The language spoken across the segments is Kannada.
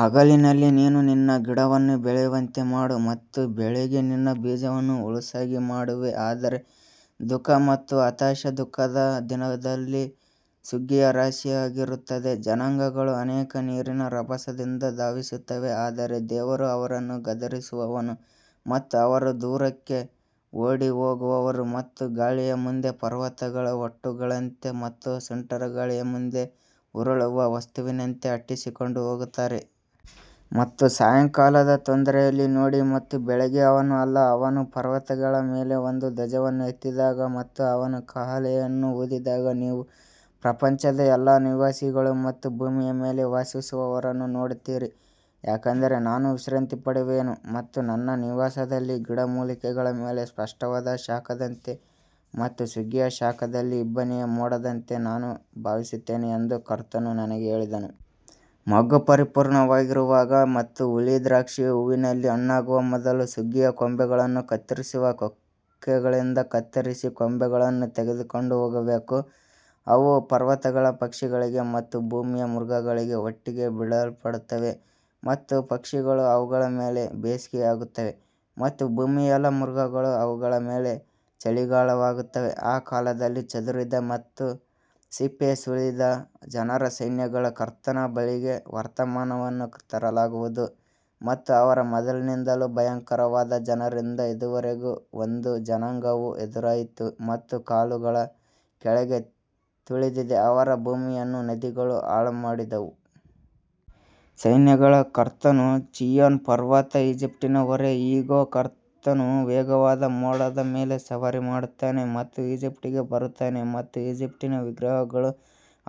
ಹಗಲಿನಲ್ಲಿ ನೀನು ನಿನ್ನ ಗಿಡವನ್ನು ಬೆಳೆಯುವಂತೆ ಮಾಡು ಮತ್ತು ಬೆಳಿಗ್ಗೆ ನಿನ್ನ ಬೀಜವನ್ನು ಹುಲುಸಾಗಿ ಮಾಡುವೆ ಆದರೆ ದುಃಖ ಮತ್ತು ಹತಾಶ ದುಃಖದ ದಿನದಲ್ಲಿ ಸುಗ್ಗಿಯು ರಾಶಿಯಾಗಿರುತ್ತದೆ ಜನಾಂಗಗಳು ಅನೇಕ ನೀರಿನ ರಭಸದಿಂದ ಧಾವಿಸುತ್ತವೆ ಆದರೆ ದೇವರು ಅವರನ್ನು ಗದರಿಸುವನು ಮತ್ತು ಅವರು ದೂರಕ್ಕೆ ಓಡಿಹೋಗುವರು ಮತ್ತು ಗಾಳಿಯ ಮುಂದೆ ಪರ್ವತಗಳ ಹೊಟ್ಟುಗಳಂತೆ ಮತ್ತು ಸುಂಟರಗಾಳಿಯ ಮುಂದೆ ಉರುಳುವ ವಸ್ತುವಿನಂತೆ ಅಟ್ಟಿಸಿಕೊಂಡು ಹೋಗುತ್ತಾರೆ. ಮತ್ತು ಸಾಯಂಕಾಲದ ತೊಂದರೆಯಲ್ಲಿ ನೋಡಿ ಮತ್ತು ಬೆಳಿಗ್ಗೆ ಅವನು ಅಲ್ಲ ಅವನು ಪರ್ವತಗಳ ಮೇಲೆ ಒಂದು ಧ್ವಜವನ್ನು ಎತ್ತಿದಾಗ ಮತ್ತು ಅವನು ಕಹಳೆಯನ್ನು ಊದಿದಾಗ ನೀವು ಪ್ರಪಂಚದ ಎಲ್ಲಾ ನಿವಾಸಿಗಳು ಮತ್ತು ಭೂಮಿಯ ಮೇಲೆ ವಾಸಿಸುವವರನ್ನು ನೋಡುತ್ತೀರಿ. ಯಾಕಂದರೆ ನಾನು ವಿಶ್ರಾಂತಿ ಪಡೆಯುವೆನು ಮತ್ತು ನನ್ನ ನಿವಾಸದಲ್ಲಿ ಗಿಡಮೂಲಿಕೆಗಳ ಮೇಲೆ ಸ್ಪಷ್ಟವಾದ ಶಾಖದಂತೆ ಮತ್ತು ಸುಗ್ಗಿಯ ಶಾಖದಲ್ಲಿ ಇಬ್ಬನಿಯ ಮೋಡದಂತೆ ನಾನು ಭಾವಿಸುತ್ತೇನೆ ಎಂದು ಕರ್ತನು ನನಗೆ ಹೇಳಿದನು. ಮೊಗ್ಗು ಪರಿಪೂರ್ಣವಾಗಿರುವಾಗ ಮತ್ತು ಹುಳಿ ದ್ರಾಕ್ಷಿಯು ಹೂವಿನಲ್ಲಿ ಹಣ್ಣಾಗುವ ಮೊದಲು ಸುಗ್ಗಿಯ ಕೊಂಬೆಗಳನ್ನು ಕತ್ತರಿಸುವ ಕೊಕ್ಕೆಗಳಿಂದ ಕತ್ತರಿಸಿ ಕೊಂಬೆಗಳನ್ನು ತೆಗೆದುಕೊಂಡು ಹೋಗಬೇಕು. ಅವು ಪರ್ವತಗಳ ಪಕ್ಷಿಗಳಿಗೆ ಮತ್ತು ಭೂಮಿಯ ಮೃಗಗಳಿಗೆ ಒಟ್ಟಿಗೆ ಬಿಡಲ್ಪಡುತ್ತವೆ ಮತ್ತು ಪಕ್ಷಿಗಳು ಅವುಗಳ ಮೇಲೆ ಬೇಸಿಗೆಯಾಗುತ್ತವೆ ಮತ್ತು ಭೂಮಿಯ ಎಲ್ಲಾ ಮೃಗಗಳು ಅವುಗಳ ಮೇಲೆ ಚಳಿಗಾಲವಾಗುತ್ತವೆ ಆ ಕಾಲದಲ್ಲಿ ಚದುರಿದ ಮತ್ತು ಸಿಪ್ಪೆ ಸುಲಿದ ಜನರ ಸೈನ್ಯಗಳ ಕರ್ತನ ಬಳಿಗೆ ವರ್ತಮಾನವನ್ನು ತರಲಾಗುವುದು ಮತ್ತು ಅವರ ಮೊದಲಿನಿಂದಲೂ ಭಯಂಕರವಾದ ಜನರಿಂದ ಇದುವರೆಗೆ ಒಂದು ಜನಾಂಗವು ಎದುರಾಯಿತು ಮತ್ತು ಕಾಲುಗಳ ಕೆಳಗೆ ತುಳಿದಿದೆ ಅವರ ಭೂಮಿಯನ್ನು ನದಿಗಳು ಹಾಳುಮಾಡಿದವು. ಸೈನ್ಯಗಳ ಕರ್ತನು ಚೀಯೋನ್ ಪರ್ವತ ಈಜಿಪ್ಟಿನ ಹೊರೆ ಇಗೋ, ಕರ್ತನು ವೇಗವಾದ ಮೋಡದ ಮೇಲೆ ಸವಾರಿ ಮಾಡುತ್ತಾನೆ ಮತ್ತು ಈಜಿಪ್ಟಿಗೆ ಬರುತ್ತಾನೆ ಮತ್ತು ಈಜಿಪ್ಟಿನ ವಿಗ್ರಹಗಳು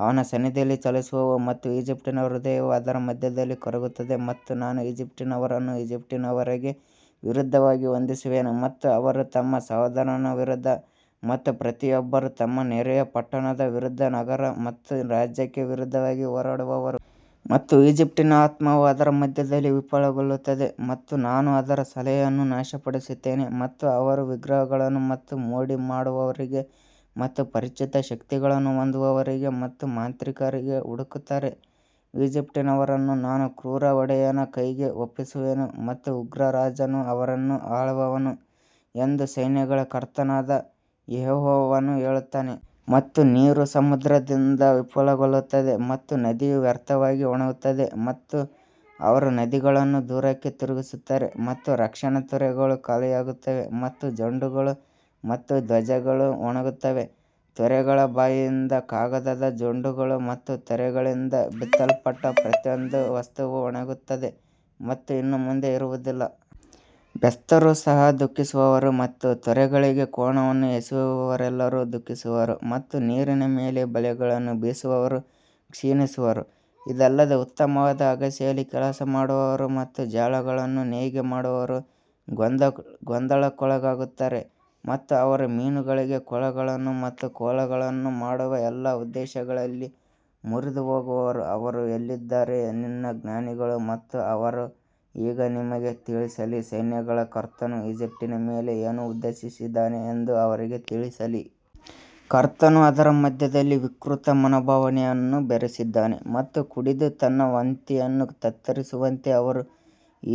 ಅವನ ಸನ್ನಿಧಿಯಲ್ಲಿ ಚಲಿಸುವವು ಮತ್ತು ಈಜಿಪ್ಟಿನ ಹೃದಯವು ಅದರ ಮಧ್ಯದಲ್ಲಿ ಕರಗುತ್ತದೆ ಮತ್ತು ನಾನು ಈಜಿಪ್ಟಿನವರನ್ನು ಈಜಿಪ್ಟಿನವರಿಗೆ ವಿರುದ್ಧವಾಗಿ ಹೊಂದಿಸುವೆನು ಮತ್ತು ಅವರು ತಮ್ಮ ಸಹೋದರನ ವಿರುದ್ಧ ಮತ್ತು ಪ್ರತಿಯೊಬ್ಬರೂ ತಮ್ಮ ನೆರೆಯ ಪಟ್ಟಣದ ವಿರುದ್ಧ ನಗರ ಮತ್ತು ರಾಜ್ಯಕ್ಕೆ ವಿರುದ್ಧವಾಗಿ ಹೋರಾಡುವರು. ಮತ್ತು ಈಜಿಪ್ಟಿನ ಆತ್ಮವು ಅದರ ಮಧ್ಯದಲ್ಲಿ ವಿಫಲಗೊಳ್ಳುತ್ತದೆ ಮತ್ತು ನಾನು ಅದರ ಸಲಹೆಯನ್ನು ನಾಶಪಡಿಸುತ್ತೇನೆ ಮತ್ತು ಅವರು ವಿಗ್ರಹಗಳನ್ನು ಮತ್ತು ಮೋಡಿ ಮಾಡುವವರಿಗೆ ಮತ್ತು ಪರಿಚಿತ ಶಕ್ತಿಗಳನ್ನು ಹೊಂದಿರುವವರಿಗೆ ಮತ್ತು ಮಾಂತ್ರಿಕರಿಗೆ ಹುಡುಕುತ್ತಾರೆ. ಈಜಿಪ್ಟಿನವರನ್ನು ನಾನು ಕ್ರೂರ ಒಡೆಯನ ಕೈಗೆ ಒಪ್ಪಿಸುವೆನು ಮತ್ತು ಉಗ್ರ ರಾಜನು ಅವರನ್ನು ಆಳುವನು ಎಂದು ಸೈನ್ಯಗಳ ಕರ್ತನಾದ ಯೆಹೋವನು ಹೇಳುತ್ತಾನೆ. ಮತ್ತು ನೀರು ಸಮುದ್ರದಿಂದ ವಿಫಲಗೊಳ್ಳುತ್ತದೆ ಮತ್ತು ನದಿಯು ವ್ಯರ್ಥವಾಗಿ ಒಣಗುತ್ತದೆ ಮತ್ತು ಅವರು ನದಿಗಳನ್ನು ದೂರಕ್ಕೆ ತಿರುಗಿಸುತ್ತಾರೆ ಮತ್ತು ರಕ್ಷಣಾ ತೊರೆಗಳು ಖಾಲಿಯಾಗುತ್ತವೆ ಮತ್ತು ಜೊಂಡುಗಳು ಮತ್ತು ಧ್ವಜಗಳು ಒಣಗುತ್ತವೆ ತೊರೆಗಳ ಬಾಯಿಯಿಂದ ಕಾಗದದ ಜೊಂಡುಗಳು ಮತ್ತು ತೊರೆಗಳಿಂದ ಬಿತ್ತಲ್ಪಟ್ಟ ಪ್ರತಿಯೊಂದು ವಸ್ತುವು ಒಣಗಿಹೋಗುತ್ತದೆ ಮತ್ತು ಇನ್ನು ಮುಂದೆ ಇರುವುದಿಲ್ಲ. ಬೆಸ್ತರು ಸಹ ದುಃಖಿಸುವರು ಮತ್ತು ತೊರೆಗಳಿಗೆ ಕೋನವನ್ನು ಎಸೆಯುವವರೆಲ್ಲರೂ ದುಃಖಿಸುವರು ಮತ್ತು ನೀರಿನ ಮೇಲೆ ಬಲೆಗಳನ್ನು ಬೀಸುವವರು ಕ್ಷೀಣಿಸುವರು. ಇದಲ್ಲದೆ ಉತ್ತಮವಾದ ಅಗಸೆಯಲ್ಲಿ ಕೆಲಸ ಮಾಡುವವರು ಮತ್ತು ಜಾಲಗಳನ್ನು ನೇಯ್ಗೆ ಮಾಡುವವರು ಗೊಂದಲಕ್ಕೊಳಗಾಗುತ್ತಾರೆ ಮತ್ತು ಅವರು ಮೀನುಗಳಿಗೆ ಕೊಳಗಳನ್ನು ಮತ್ತು ಕೊಳಗಳನ್ನು ಮಾಡುವ ಎಲ್ಲಾ ಉದ್ದೇಶಗಳಲ್ಲಿ ಮುರಿದುಹೋಗುವರು ಅವರು ಎಲ್ಲಿದ್ದಾರೆ ನಿನ್ನ ಜ್ಞಾನಿಗಳು ಮತ್ತು ಅವರು ಈಗ ನಿಮಗೆ ತಿಳಿಸಲಿ ಮತ್ತು ಸೈನ್ಯಗಳ ಕರ್ತನು ಈಜಿಪ್ಟಿನ ಮೇಲೆ ಏನು ಉದ್ದೇಶಿಸಿದ್ದಾನೆಂದು ಅವರಿಗೆ ತಿಳಿಸಲಿ. ಕರ್ತನು ಅದರ ಮಧ್ಯದಲ್ಲಿ ವಿಕೃತ ಮನೋಭಾವವನ್ನು ಬೆರೆಸಿದ್ದಾನೆ ಮತ್ತು ಕುಡಿದು ತನ್ನ ವಾಂತಿಯಲ್ಲಿ ತತ್ತರಿಸುವಂತೆ ಅವರು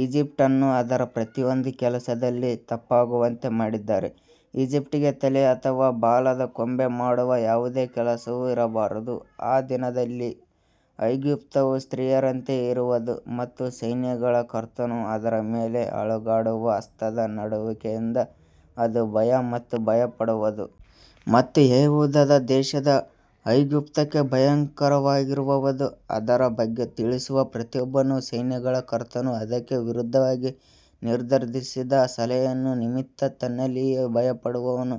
ಈಜಿಪ್ಟ್ ಅನ್ನು ಅದರ ಪ್ರತಿಯೊಂದು ಕೆಲಸದಲ್ಲಿ ತಪ್ಪಾಗುವಂತೆ ಮಾಡಿದ್ದಾರೆ. ಈಜಿಪ್ಟಿಗೆ ತಲೆ ಅಥವಾ ಬಾಲದ ಕೊಂಬೆ ಮಾಡುವ ಯಾವುದೇ ಕೆಲಸವೂ ಇರಬಾರದು ಆ ದಿನದಲ್ಲಿ ಐಗುಪ್ತವು ಸ್ತ್ರೀಯರಂತೆ ಇರುವದು ಮತ್ತು ಸೈನ್ಯಗಳ ಕರ್ತನು ಅದರ ಮೇಲೆ ಅಲುಗಾಡುವ ಹಸ್ತದ ನಡುಗುವಿಕೆಯಿಂದ ಅದು ಭಯ ಮತ್ತು ಭಯಪಡುವದು. ಮತ್ತು ಯೆಹೂದದ ದೇಶವು ಐಗುಪ್ತಕ್ಕೆ ಭಯಂಕರವಾಗಿರುವದು, ಅದರ ಬಗ್ಗೆ ತಿಳಿಸುವ ಪ್ರತಿಯೊಬ್ಬನು ಸೈನ್ಯಗಳ ಕರ್ತನು ಅದಕ್ಕೆ ವಿರುದ್ಧವಾಗಿ ನಿರ್ಧರಿಸಿದ ಸಲಹೆಯ ನಿಮಿತ್ತ ತನ್ನಲ್ಲಿಯೇ ಭಯಪಡುವನು.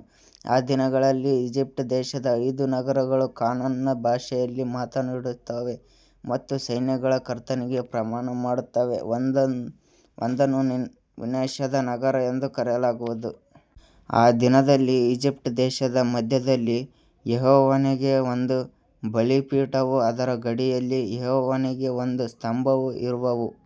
ಆ ದಿನದಲ್ಲಿ ಈಜಿಪ್ಟ್ ದೇಶದ ಐದು ನಗರಗಳು ಕಾನಾನ್ ಭಾಷೆಯಲ್ಲಿ ಮಾತನಾಡುತ್ತವೆ ಮತ್ತು ಸೈನ್ಯಗಳ ಕರ್ತನಿಗೆ ಪ್ರಮಾಣ ಮಾಡುತ್ತವೆ, ಒಂದನ್ನು ವಿನಾಶದ ನಗರ ಎಂದು ಕರೆಯಲಾಗುವುದು. ಆ ದಿನದಲ್ಲಿ ಈಜಿಪ್ಟ್ ದೇಶದ ಮಧ್ಯದಲ್ಲಿ ಯೆಹೋವನಿಗೆ ಒಂದು ಬಲಿಪೀಠವೂ ಅದರ ಗಡಿಯಲ್ಲಿ ಯೆಹೋವನಿಗೆ ಒಂದು ಸ್ತಂಭವೂ ಇರುವವು.